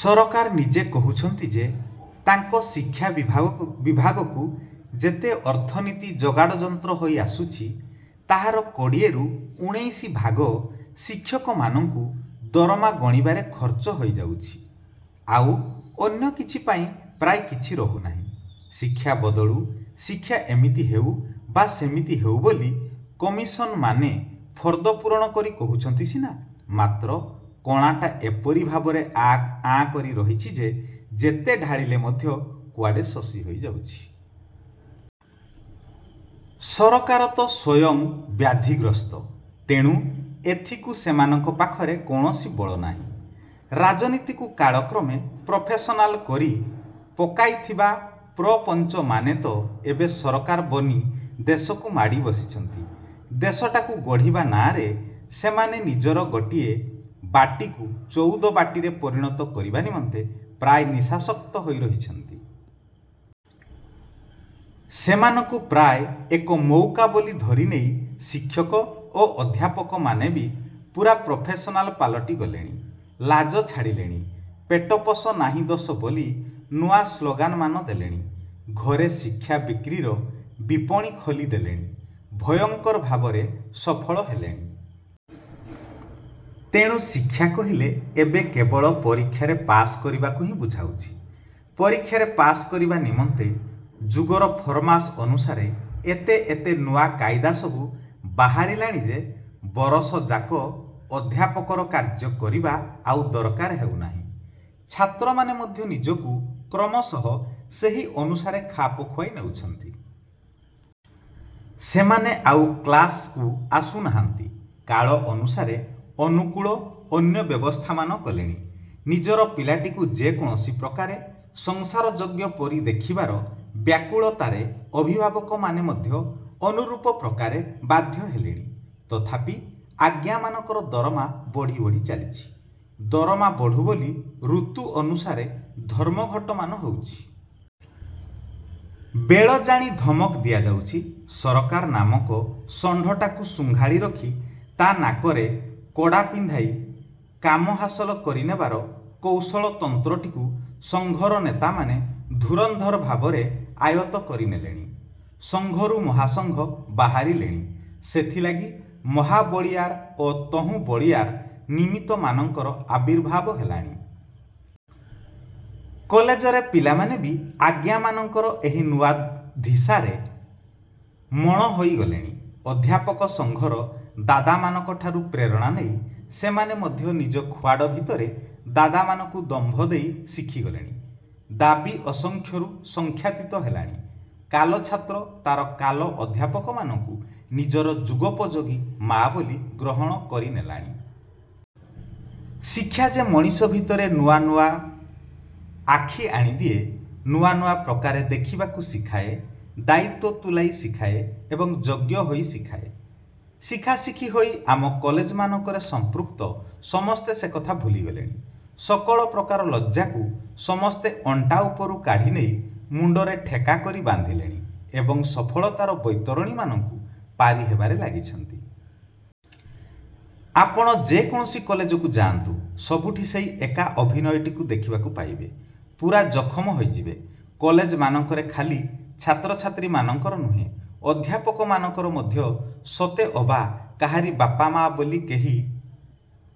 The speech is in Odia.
ସରକାର ନିଜେ କହୁଛନ୍ତି ଯେ, ତାଙ୍କ ଶିକ୍ଷାବିଭାଗକୁ ଯେତେ ଅର୍ଥନିଧି ଯୋଗାଡ଼ଯନ୍ତ୍ର ହୋଇ ଆସୁଛି, ତାହାର କୋଡ଼ିଏରୁ ଉଣେଇଶି ଭାଗ ଶିକ୍ଷକମାନଙ୍କୁ ଦରମା ଗଣିବାରେ ଖର୍ଚ୍ଚ ହୋଇ ଯାଉଛି। ଆଉ ଅନ୍ୟ କିଛି ପାଇଁ ପ୍ରାୟ କିଛି ରହୁନାହିଁ। ଶିକ୍ଷା ବଦଳୁ, ଶିକ୍ଷା ଏମିତି ହେଉ ବା ସେମିତି ହେଉ ବୋଲି କମିଶନମାନେ ଫର୍ଦ୍ଦ ପୂରଣ କରି କହୁଛନ୍ତି ସିନା, ମାତ୍ର କଣାଟା ଏପରି ଭାବରେ ଆଁ କରି ରହିଛି ଯେ, ଯେତେ ଢାଳିଲେ ମଧ୍ୟ କୁଆଡ଼େ ଶୋଷି ହୋଇଯାଉଛି। ସରକାର ତ ସ୍ୱୟଂ ବ୍ୟାଧିଗ୍ରସ୍ତ, ତେଣୁ ଏଥିକୁ ସେମାନଙ୍କ ପାଖରେ କୌଣସି ବଳ ନାହିଁ-। ରାଜନୀତିକୁ କାଳକ୍ରମେ ପ୍ରଫେସନାଲ୍ କରି ପକାଇଥିବା ପ୍ରପଞ୍ଚମାନେ ତ ଏବେ ସରକାର ବନି ଦେଶକୁ ମାଡ଼ି ବସିଛନ୍ତି। ଦେଶଟାକୁ ଗଢ଼ିବା ନାଆଁରେ ସେମାନେ ନିଜର ଗୋଟିଏ ବାଟିକୁ ଚଉଦ ବାଟିରେ ପରିଣତ କରିବା ନିମନ୍ତେ ପ୍ରାୟ ନିଶାସକ୍ତ ହୋଇ ରହିଛନ୍ତି। ସେମାନଙ୍କୁ ପ୍ରାୟ ଏକ ମଉକା ବୋଲି ଧରିନେଇ ଶିକ୍ଷକ ଓ ଅଧ୍ୟାପକମାନେ ବି ପୂରା ପ୍ରଫେସନାଲ୍ ପାଲଟି ଗଲେଣି-। ଲାଜ ଛାଡ଼ିଲେଣି। ପେଟ ପୋଷ ନାହିଁ ଦୋଷ ବୋଲି ନୂଆ ସ୍ଲୋଗାନମାନ ଦେଲେଣି। ଘରେ ଶିକ୍ଷା ବିକ୍ରିର ବିପଣି ଖୋଲିଦେଲେଣି। ଭୟଙ୍କର ଭାବରେ ସଫଳ ହେଲେଣି। ତେଣୁ ଶିକ୍ଷା କହିଲେ ଏବେ କେବଳ ପରୀକ୍ଷାରେ ପାସ୍ କରିବାକୁ ହିଁ ବୁଝାଉଛି। ପରୀକ୍ଷାରେ ପାସ୍ କରିବା ନିମନ୍ତେ ଯୁଗର ଫରମାସ୍ ଅନୁସାରେ ଏତେ ଏତେ ନୂଆ କାଇଦା ସବୁ ବାହାରିଲାଣି ଯେ, ବରଷଯାକ ଅଧ୍ୟାପକର କାର୍ଯ୍ୟ କରିବା ଆଉ ଦରକାର ହେଉନାହିଁ। ଛାତ୍ରମାନେ ମଧ୍ୟ ନିଜକୁ କ୍ରମଶଃ ସେହି ଅନୁସାରେ ଖାପ ଖୁଆଇ ନେଉଛନ୍ତି। ସେମାନେ ଆଉ କ୍ଲାସ୍କୁ ଆସୁନାହାନ୍ତି। କାଳ ଅନୁସାରେ ଅନୁକୂଳ ଅନ୍ୟ ବ୍ୟବସ୍ଥାମାନ କଲେଣି। ନିଜର ପିଲାଟିକୁ ଯେକୌଣସି। ପ୍ରକାରେ ସଂସାରଯୋଗ୍ୟ ପରି ଦେଖିବାର ବ୍ୟାକୁଳତାରେ ଅଭିଭାବକମାନେ ମଧ୍ୟ ଅନୁରୂପ ପ୍ରକାରେ ବାଧ୍ୟ ହେଲେଣି। ତଥାପି ଆଜ୍ଞାମାନଙ୍କର ଦରମା ବଢ଼ି ବଢ଼ି ଚାଲିଛି। ଦରମା ବଢୁ ବୋଲି ଋତୁ ଅନୁସାରେ ଧର୍ମଘଟମାନ ହେଉଛି। ବେଳ ଜାଣି ଧମକ ଦିଆଯାଉଛି। ସରକାର ନାମକ ଷଣ୍ଢଟାକୁ ଘୁଙ୍ଗାଳି ରଖି ତା ନାକରେ କଡ଼ା ପିନ୍ଧାଇ କାମ ହାସଲ କରିନେବାର କୌଶଳତନ୍ତ୍ରଟିକୁ ସଂଘର ନେତାମାନେ ଧୁରନ୍ଧର ଭାବରେ ଆୟତ୍ତ କରିନେଲେଣି। ସଂଘରୁ ମହାସଂଘ ବାହାରିଲେଣି। ସେଥିଲାଗି ମହାବଳୀୟାର ଓ ତହୁଁ ବଳୀୟାର ନିମିତ୍ତମାନଙ୍କର ଆବିର୍ଭାବ ହେଲାଣି। କଲେଜର ପିଲାମାନେ ବି ଆଜ୍ଞାମାନଙ୍କର ଏହି ନୂଆ ଧିସାରେ ମଣ ହୋଇଗଲେଣି। ଅଧ୍ୟାପକ ସଂଘର ଦାଦାମାନଙ୍କ ଠାରୁ ପ୍ରେରଣା ନେଇ ସେମାନେ ମଧ୍ୟ ନିଜ ଖୁଆଡ଼ ଭିତରେ ଦାଦାମାନଙ୍କୁ ଦମ୍ଭ ଦେଇ ଶିଖିଗଲେଣି। ଦାବି ଅସଂଖ୍ୟରୁ ସଂଖ୍ୟାତୀତ ହେଲାଣି। କାଲ ଛାତ୍ର ତାର କାଲ ଅଧ୍ୟାପକମାନଙ୍କୁ ନିଜର ଯୁଗୋପଯୋଗୀ ମାଆ ବୋଲି ଗ୍ରହଣ କରିନେଲାଣି। ଶିକ୍ଷା ଯେ ମଣିଷ ଭିତରେ ନୂଆ ନୂଆ ଆଖି ଆଣିଦିଏ, ନୂଆ ନୂଆ ପ୍ରକାରେ ଦେଖିବାକୁ ଶିଖାଏ, ଦାୟିତ୍ୱ ତୁଲାଇ ଶିଖାଏ ଏବଂ ଯୋଗ୍ୟ ହୋଇ ଶିଖାଏ, ଶିଖାଶିଖି ହୋଇ ଆମ କଲେଜମାନଙ୍କରେ ସମ୍ପୃକ୍ତ ସମସ୍ତେ ସେକଥା ଭୁଲିଗଲେଣି। ସକଳ ପ୍ରକାର ଲଜ୍ଜାକୁ ସମସ୍ତେ ଅଣ୍ଟା ଉପରୁ କାଢ଼ି ନେଇ ମୁଣ୍ଡରେ ଠେକା କରି ବାନ୍ଧିଲେଣି ଏବଂ ସଫଳତାର ବୈତରଣୀମାନଙ୍କୁ ପାରିହେବାରେ ଲାଗିଛନ୍ତି। ଆପଣ ଯେକୌଣସି କଲେଜକୁ ଯାଆନ୍ତୁ, ସବୁଠି ସେହି ଏକା ଅଭିନୟଟିକୁ ଦେଖିବାକୁ ପାଇବେ। ପୂରା ଜଖମ ହୋଇଯିବେ। କଲେଜମାନଙ୍କରେ ଖାଲି ଛାତ୍ରଛାତ୍ରୀମାନଙ୍କର ନୁହେଁ, ଅଧ୍ୟାପକମାନଙ୍କର ମଧ୍ୟ ସତେ ଅବା କାହାରି ବାପମାଆ ବୋଲି କେହି